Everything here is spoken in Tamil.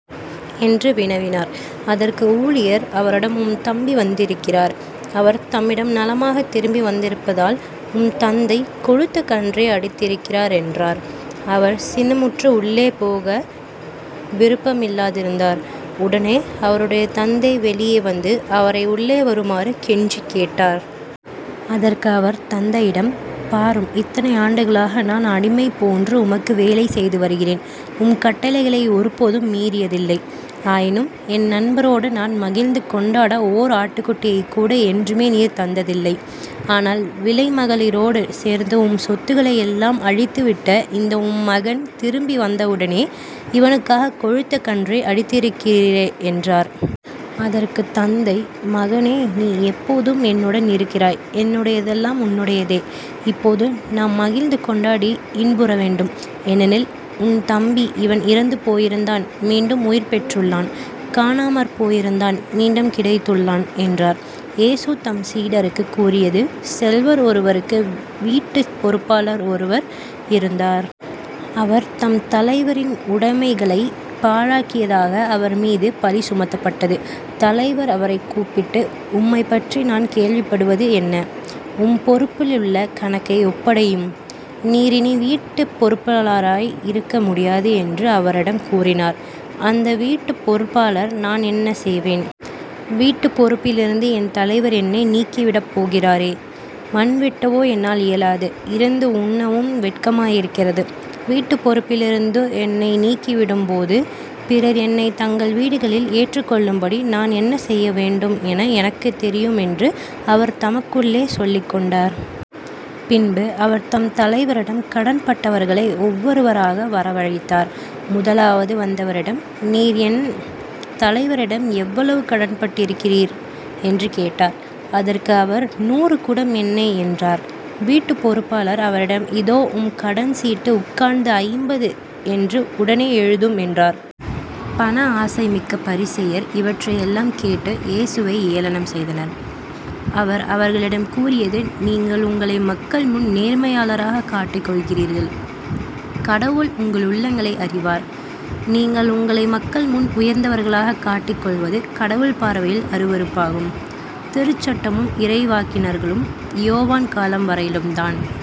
என்று வினவினார். அதற்கு ஊழியர் அவரிடம் உம் தம்பி வந்திருக்கிறார். அவர் தம்மிடம் நலமாகத் திரும்பி வந்திருப்பதால் உம் தந்தை கொழுத்த கன்றை அடித்திருக்கிறார் என்றார். அவர் சினமுற்று உள்ளே போக விருப்பம் இல்லாதிருந்தார். உடனே அவருடைய தந்தை வெளியே வந்து அவரை உள்ளே வருமாறு கெஞ்சிக் கேட்டார். அதற்கு அவர் தந்தையிடம் பாரும் இத்தனை ஆண்டுகளாக நான் அடிமைபோன்று உமக்கு வேலை செய்துவருகிறேன். உம் கட்டளைகளை ஒருபோதும் மீறியதில்லை. ஆயினும் என் நண்பரோடு நான் மகிழ்ந்துகொண்டாட ஓர் ஆட்டுக்குட்டியைக்கூட என்றுமே நீர் தந்ததில்லை. ஆனால் விலைமகளிரோடு சேர்ந்து உம் சொத்துகளையெல்லாம் அழித்துவிட்ட இந்த உம் மகன் திரும்பி வந்தவுடனே இவனுக்காகக் கொழுத்த கன்றை அடித்திருக்கிறீரே என்றார். அதற்குத் தந்தை மகனே நீ எப்போதும் என்னுடன் இருக்கிறாய் என்னுடையதெல்லாம் உன்னுடையதே. இப்போது நாம் மகிழ்ந்துகொண்டாடி இன்புற வேண்டும். ஏனெனில் உன் தம்பி இவன் இறந்து போயிருந்தான் மீண்டும் உயிர்பெற்றுள்ளான். காணாமற்போயிருந்தான் மீண்டும் கிடைத்துள்ளான் என்றார். இயேசு தம் சீடருக்குக் கூறியது செல்வர் ஒருவருக்கு வீட்டுப் பொறுப்பாளர் ஒருவர் இருந்தார். அவர் தம் தலைவரின் உடைமைகளைப் பாழாக்கியதாக அவர்மீது பழி சுமத்தப்பட்டது. தலைவர் அவரைக் கூப்பிட்டு உம்மைப்பற்றி நான் கேள்விப்படுவது என்ன? உம் பொறுப்பிலுள்ள கணக்கை ஒப்படையும். நீர் இனி வீட்டுப் பொறுப்பாளராய் இருக்க முடியாது என்று அவரிடம் கூறினார். அந்த வீட்டுப் பொறுப்பாளர் நான் என்ன செய்வேன்? வீட்டுப் பொறுப்பிலிருந்து என் தலைவர் என்னை நீக்கி விடப்போகிறாரே. மண்வெட்டவோ என்னால் இயலாது இரந்து உண்ணவும் வெட்கமாய் இருக்கிறது. வீட்டுப் பொறுப்பிலிருந்து என்னை நீக்கிவிடும் போது பிறர் என்னைத் தங்கள் வீடுகளில் ஏற்றுக்கொள்ளும்படி நான் என்ன செய்யவேண்டும் என எனக்குத் தெரியும் என்று அவர் தமக்குள்ளே சொல்லிக்கொண்டார். பின்பு அவர் தம் தலைவரிடம் கடன்பட்டவர்களை ஒவ்வொருவராக வரவழைத்தார். முதலாவது வந்தவரிடம் நீர் என் தலைவரிடம் எவ்வளவு கடன்பட்டிருக்கிறீர்? என்று கேட்டார். அதற்கு அவர் நூறு குடம் எண்ணெய் என்றார். வீட்டுப் பொறுப்பாளர் அவரிடம் இதோ உம் கடன் சீட்டு உட்கார்ந்து ஐம்பது என்று உடனே எழுதும் என்றார். பண ஆசைமிக்க பரிசேயர் இவற்றையெல்லாம் கேட்டு இயேசுவை ஏளனம் செய்தனர். அவர் அவர்களிடம் கூறியது நீங்கள் உங்களை மக்கள்முன் நேர்மையாளராகக் காட்டிக் கொள்கிறீர்கள். கடவுள் உங்கள் உள்ளங்களை அறிவார். நீங்கள் உங்களை மக்கள்முன் உயர்ந்தவர்களாகக் காட்டிக் கொள்வது கடவுள் பார்வையில் அருவருப்பாகும். திருச்சட்டமும் இறைவாக்கினர்களும் யோவான் காலம் வரையிலும் தான்.